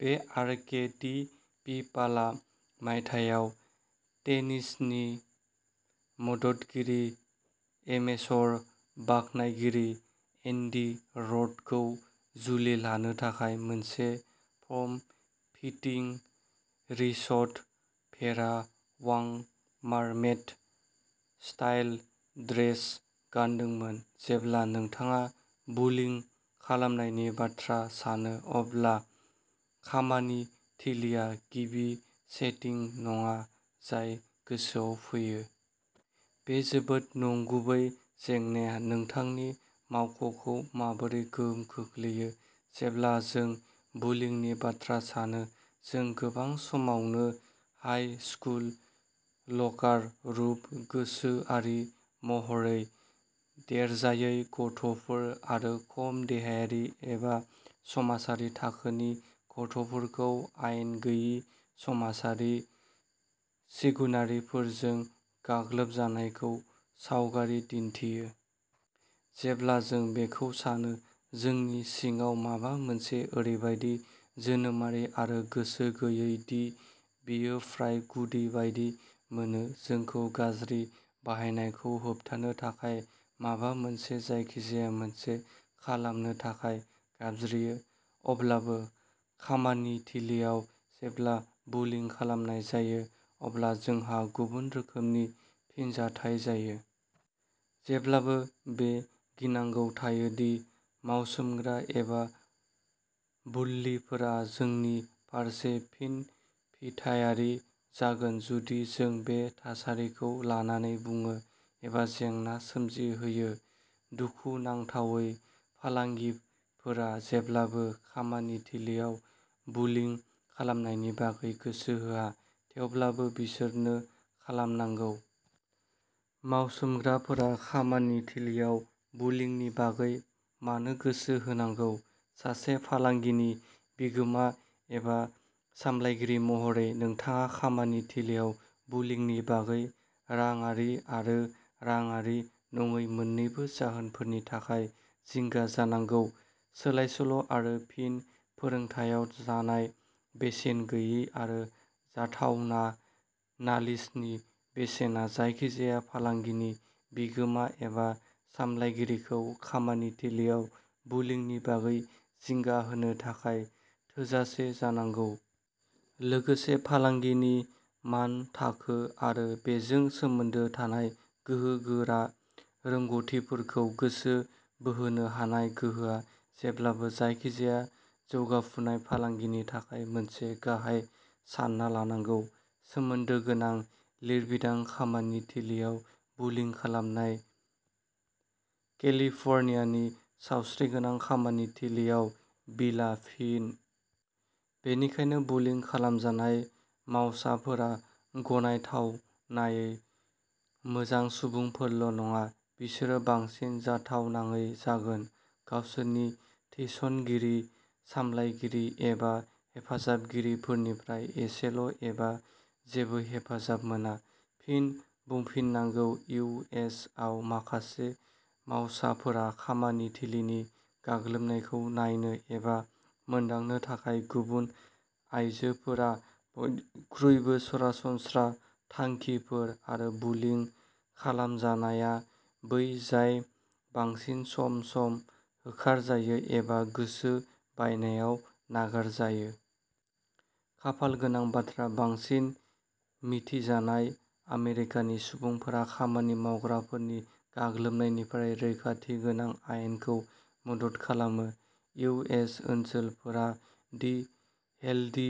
बे आरकेटिपिपाला मायथाइयाव टेनिसनि मददगिरि एमेच'र बाख्नायगिरि एन्डि रडखौ जुलि लानो थाखाय मोनसे form fitting, ruched Vera Wang mermaid style dress गानदोंमोन। जेब्ला नोंथाङा बुलिं खालामनायनि बाथ्रा सानो, अब्ला खामानि थिलिआ गिबि सेटिं नङा जाय गोसोआव फैयो। बे जोबोद नंगुबै जेंनाया नोंथांनि मावख'खौ माबोरै गोहोम खोख्लैयो? जेब्ला जों बुलिंनि बाथ्रा सानो, जों गोबां समावनो हाइ स्कुल लकार रुम, गोसोआरि महरै देरजायै गथ'फोर, आरो खम देहायारि एबा समाजारि थाखोनि गथ'फोरखौ आयेन गैयै समाजारि सिगुनारिफोरजों गाग्लोबजानायखौ सावगारि दिन्थियो। जेब्ला जों बेखौ सानो, जोंनि सिङाव माबा मोनसे, ओरैबादि जोनोमारि आरो गोसो गैयै दि बेयो फ्राय गुदि बायदि मोनो, जोंखौ गाज्रि बाहायनायखौ होबथानो थाखाय माबा मोनसे, जायखिजाया मोनसे खालामनो थाखाय गाबज्रियो। अब्लाबो, खामानि थिलिआव, जेब्ला बुलिं खालामनाय जायो, अब्ला जोंहा गुबुन रोखोमनि फिनजाथाय जायो। जेब्लाबो बे गिनांगौ थायो दि मावसोमग्रा एबा बुल्लिफोरा जोंनि फारसे फिनफिथायारि जागोन जुदि जों बे थासारिखौ लानानै बुङो एबा जेंना सोमजिहोयो। दुखुनांथावै फालांगिफोरा जेब्लाबो खामानि थिलिआव बुलिं खालामनायनि बागै गोसो होआ, थेवब्लाबो बिसोरनो खालामनांगौ। मावसोमग्राफोरा खामानि थिलिआव बुलिंनि बागै मानो गोसो होनांगौ? सासे फालांगिनि बिगोमा एबा सामलायगिरि महरै, नोंथाङा खामानि थिलिआव बुलिंनि बागै राङारि आरो राङारि नङै मोननैबो जाहोनफोरनि थाखाय जिंगा जानांगौ। सोलायसोल' आरो फिन-फोरोंथायाव जानाय बेसेन, गैयै आरो जाथावना नालिसनि बेसेना जायखिजाया फालांगिनि बिगोमा एबा सामलायगिरिखौ खामानि थिलिआव बुलिंनि बागै जिंगा होनो थाखाय थोजासे जानांगौ। लोगोसे, फालांगिनि मानथाखो आरो बेजों सोमोन्दो थानाय गोहो गोरा रोंग'थिफोरखौ गोसो बोहोनो हानाय गोहोआ जेब्लाबो जायखिजाया जौगाफुनाय फालांगिनि थाखाय मोनसे गाहाय सानना लानांगौ। सोमोन्दो गोनां लिरबिदां खामानि थिलिआव बुलिं खालामनाय केलिफर्नियानि सावस्रिगोनां खामानि थिलिआव बिलआ फिन? बेनिखायनो बुलिं खालामजानाय मावसाफोरा गनायथावनायै मोजां सुबुंफोरल' नङा, बिसोरो बांसिन जाथावनायै जागोन। गावसोरनि थिसनगिरि, सामलायगिरि एबा हेफाजाबगिरिफोरनिफ्राय एसेल' एबा जेबो हेफाजाब मोना। फिन बुंफिननांगौ इउ. एस. आव माखासे मावसाफोरा खामानि थिलिनि गाग्लोबनायखौ नायनो एबा मोनदांनो थाखाय गुबुन, आइजोफोरा बयनिख्रुइबो सरासनस्रा थांखिफोर, आरो बुलिं खालामजानाया बै जाय बांसिन सम-सम होखारजायो एबा गोसो बायनायाव नागारजायो। खाफाल गोनां बाथ्रा, बांसिन मिथिजानाय आमेरिकानि सुबुंफोरा खामानि मावग्राफोरनि गाग्लोबनायनिफ्राय रैखाथि होग्रा आयेनखौ मदद खालामो। इउ. एस. ओनसोलफोरा दि हेल्दि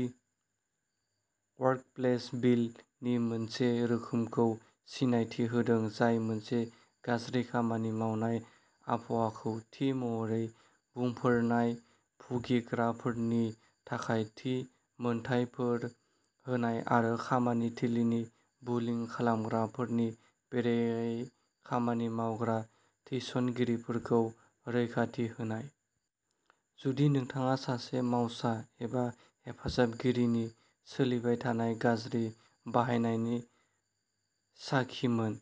वर्कप्लेस बिल नि मोनसे रोखोमखौ सिनायथि होदों, जाय मोनसे गाज्रि खामानि मावनाय आबहावाखौ थि महरै बुंफोरनाय भुगिग्राफोरनि थाखाय थि मोनथायफोर होनाय आरो खामानि थिलिनि बुलिं खालामग्राफोरनि बेरेखायै खामानि मावग्रा थिसनगिरिफोरखौ रैखाथि होनाय। जुदि नोंथाङा सासे मावसा एबा हेफाजाबगिरिनि सोलिबाय थानाय गाज्रि बाहायनायनि साखिमोन,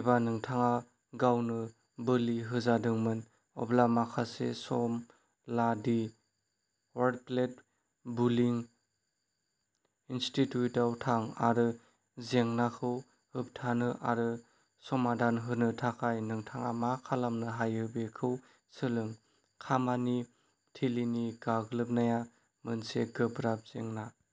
एबा नोंथाङा गावनो बोलि होजादोंमोन, अब्ला माखासे सम ला दि वर्कप्लेस बुलिं इनस्टिटिउटआव थां आरो जेंनाखौ होबथानो आरो समाधान होनो थाखाय नोंथाङा मा खालामनो हायो बेखौ सोलों। खामानि थिलिनि गाग्लोबनाया मोनसे गोब्राब जेंना।